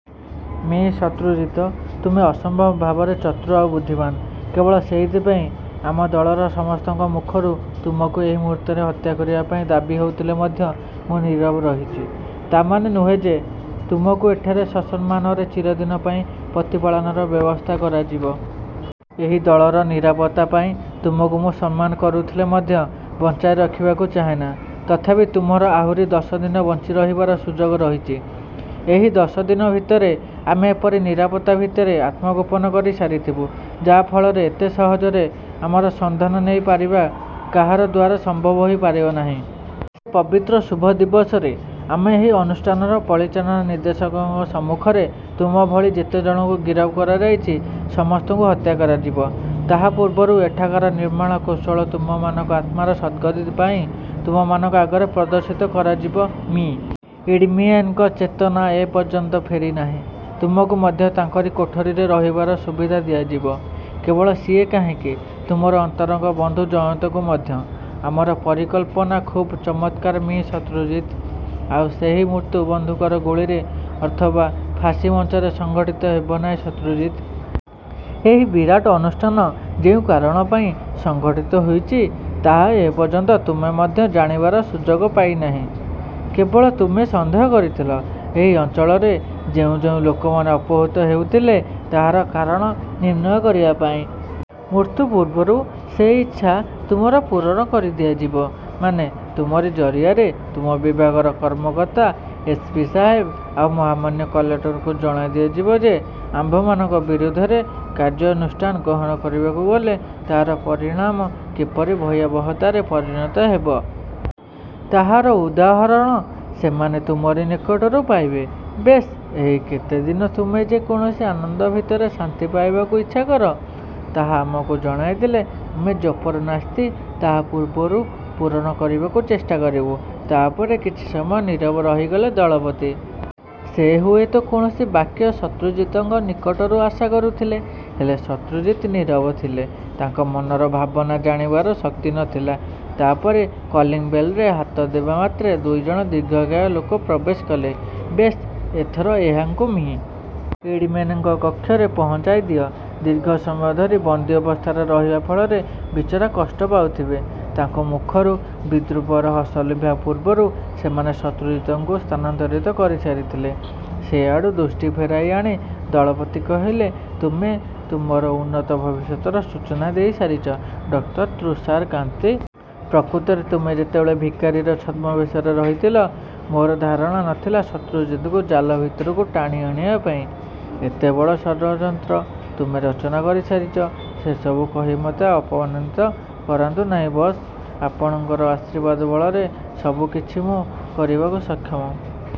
ମି. ଶତ୍ରୁଜିତ! ତୁମେ ଅସମ୍ଭବ ଭାବରେ ଚତୁର ଆଉ ବୁଦ୍ଧିମାନ। କେବଳ ସେଇଥିପାଇଁ ଆମ ଦଳର ସମସ୍ତଙ୍କ ମୁଖରୁ ତୁମକୁ ଏହି ମୁହୂର୍ତ୍ତରେ ହତ୍ୟା କରିବା ପାଇଁ ଦାବି ହେଉଥିଲେ ମଧ୍ୟ ମୁଁ ନୀରବ ରହିଛି। ତା ମାନେ ନୁହେଁ ଯେ ତୁମକୁ ଏଠାରେ ସସମ୍ମାନରେ ଚିରଦିନ ପାଇଁ ପ୍ରତିପାଳନର ବ୍ୟବସ୍ଥା କରାଯିବ। ଏହି ଦଳର ନିରାପତ୍ତା ପାଇଁ ତୁମକୁ ମୁଁ ସମ୍ମାନ କରୁଥିଲେ ମଧ୍ୟ ବଞ୍ଚାଇ ରଖିବାକୁ ଚାହେଁ ନା। ତଥାପି ତୁମର ଆହୁରି ଦଶ ଦିନ ବଞ୍ଚି ରହିବାର ସୁଯୋଗ ରହିଛି। ଏହି ଦଶ ଦିନ ଭିତରେ ଆମେ ଏପରି ନିରାପତ୍ତା ଭିତରେ ଆତ୍ମଗୋପନ କରି ସାରିଥିବୁ, ଯାହା ଫଳରେ ଏତେ ସହଜରେ ଆମର ସନ୍ଧାନ ନେଇ ପାରିବା କାହାର ଦ୍ୱାରା ସମ୍ଭବ ହୋଇ ପାରିବ ନାହିଁ। ପବିତ୍ର ଶୁଭ ଦିବସରେ ଆମେ ଏହି ଅନୁଷ୍ଠାନର ପରିଚାଳନା ନିର୍ଦ୍ଦେଶକଙ୍କ ସମ୍ମୁଖରେ ତୁମ ଭଳି ଯେତେ ଜଣଙ୍କୁ ଗିରଫ କରାଯାଇଛି, ସମସ୍ତଙ୍କୁ ହତ୍ୟା କରାଯିବ। ତାହା ପୂର୍ବରୁ ଏଠାକାର ନିର୍ମାଣ କୌଶଳ ତୁମମାନଙ୍କ ଆତ୍ମାର ସଦ୍‌ଗତି ପାଇଁ ତୁମମାନଙ୍କ ଆଗରେ ପ୍ରଦର୍ଶିତ କରାଯିବ। ମି. ଇଡମ୍ବିଏନ୍‌ଙ୍କ ଚେତନା ଏ ପର୍ଯ୍ୟନ୍ତ ଫେରି ନାହିଁ। ତୁମକୁ ମଧ୍ୟ ତାଙ୍କରି କୋଠରିରେ ରହିବାର ସୁବିଧା ଦିଆଯିବ। କେବଳ ସିଏ କାହିଁକି, ତୁମର ଅନ୍ତରଙ୍ଗ ବନ୍ଧୁ ଜୟନ୍ତଙ୍କୁ ମଧ୍ୟ। ଆମର ପରିକଳ୍ପନା ଖୁବ୍ ଚମତ୍କାର ମି. ଶତ୍ରୁଜିତ। ଆଉ ସେହି ମୃତ୍ୟୁ ବନ୍ଧୁକର ଗୁଳିରେ ଅଥବା ଫାଶୀମଞ୍ଚରେ ସଂଘଟିତ ହେବ ନାହିଁ ଶତ୍ରୁଜିତ। ଏହି ବିରାଟ ଅନୁଷ୍ଠାନ ଯେଉଁ କାରଣ ପାଇଁ ସଂଗଠିତ ହୋଇଛି, ତାହା ଏ ପର୍ଯ୍ୟନ୍ତ ତୁମେ ମଧ୍ୟ ଜାଣିବାର ସୁଯୋଗ ପାଇ ନାହିଁ। କେବଳ ତୁମେ ସନ୍ଦେହ କରିଥିଲ, ଏହି ଅଞ୍ଚଳରେ ଯେଉଁ ଯେଉଁ ଲୋକମାନେ ଅପହୃତ ହେଉଥିଲେ, ତାହାର କାରଣ ନିର୍ଣ୍ଣୟ କରିବା ପାଇଁ। ମୃତ୍ୟୁ ପୂର୍ବରୁ ସେହି ଇଚ୍ଛା ତୁମର ପୂରଣ କରି ଦିଆଯିବ। ମାନେ, ତୁମରି ଜରିଆରେ ତୁମ ବିଭାଗର କର୍ମକର୍ତ୍ତା ଏସ୍. ପି. ସାହେବ ଆଉ ମହାମାନ୍ୟ କଲେକ୍ଟରଙ୍କୁ ଜଣାଇ ଦିଆଯିବ ଯେ, ଆମ୍ଭମାନଙ୍କ ବିରୁଦ୍ଧରେ କାର୍ଯ୍ୟାନୁଷ୍ଠାନ ଗ୍ରହଣ କରିବାକୁ ଗଲେ ତାର ପରିଣାମ କିପରି ଭୟାବହତାରେ ପରିଣତ ହେବ। ତାହାର ଉଦାହରଣ ସେମାନେ ତୁମରି ନିକଟରୁ ପାଇବେ। ବେଶ୍, ଏହି କେତେ ଦିନ ତୁମେ ଯେ କୌଣସି ଆନନ୍ଦ ଭିତରେ ଶାନ୍ତି ପାଇବାକୁ ଇଚ୍ଛାକର, ତାହା ଆମକୁ ଜଣାଇଦେଲେ ଆମେ ଯତ୍ପରୋନାସ୍ତି ତାହା ପୂର୍ବରୁ ପୂରଣ କରିବାକୁ ଚେଷ୍ଟା କରିବୁ। ତା ପରେ କିଛି ସମୟ ନୀରବ ରହିଗଲେ ଦଳପତି। ସେ ହୁଏ ତ କୌଣସି ବାକ୍ୟ ଶତ୍ରୁଜିତଙ୍କ ନିକଟରୁ ଆଶା କରୁଥିଲେ। ହେଲେ, ଶତ୍ରୁଜିତ ନୀରବ ଥିଲେ। ତାଙ୍କ ମନର ଭାବନା ଜାଣିବାର ଶକ୍ତି ନ ଥିଲା। ତା ପରେ କଲିଂବେଲରେ ହାତ ଦେବା ମାତ୍ରେ ଦୁଇ ଜଣ ଦୀର୍ଘକାୟ ଲୋକ ପ୍ରବେଶ କଲେ। ବେଶ୍, ଏଥର ଏହାଙ୍କୁ ମି. ଇଡମ୍ବିଏନ୍‌ଙ୍କ କକ୍ଷରେ ପହଞ୍ଚାଇ ଦିଅ। ଦୀର୍ଘ ସମୟ ଧରି ବନ୍ଦୀ ଅବସ୍ଥାରେ ରହିବା ଫଳରେ ବିଚରା କଷ୍ଟ ପାଉଥିବେ। ତାଙ୍କ ମୁଖରୁ ବିଦ୍ରୂପର ହସ ଲିଭିବା ପୂର୍ବରୁ ସେମାନେ ଶତ୍ରୁଜିତଙ୍କୁ ସ୍ଥାନାନ୍ତରିତ କରି ସାରିଥିଲେ। ସେ ଆଡ଼ୁ ଦୃଷ୍ଟି ଫେରାଇ ଆଣି ଦଳପତି କହିଲେ, ତୁମେ। ତୁମର ଉନ୍ନତ ଭବିଷ୍ୟତର ସୂଚନା ଦେଇ ସାରିଛ, ଡକ୍ଟର ତୁଷାରକାନ୍ତି। ପ୍ରକୃତରେ ତୁମେ ଯେତେବେଳେ ଭିକାରୀର ଛଦ୍ମବେଶରେ ରହିଥିଲ, ମୋର ଧାରଣା ନ ଥିଲା ଶତ୍ରୁଜିତକୁ ଜାଲ ଭିତରକୁ ଟାଣି ଆଣିବା ପାଇଁ ଏତେ ବଡ଼ ଷଡ଼ଯନ୍ତ୍ର ତୁମେ ରଚନା କରି ସାରିଛ। ସେ ସବୁ କହି ମୋତେ ଆଉ ଅପମାନିତ କରାନ୍ତୁ ନାହିଁ, ବସ୍। ଆପଣଙ୍କର ଆଶୀର୍ବାଦ ବଳରେ ସବୁ କିଛି ମୁଁ କରିବାକୁ ସକ୍ଷମ।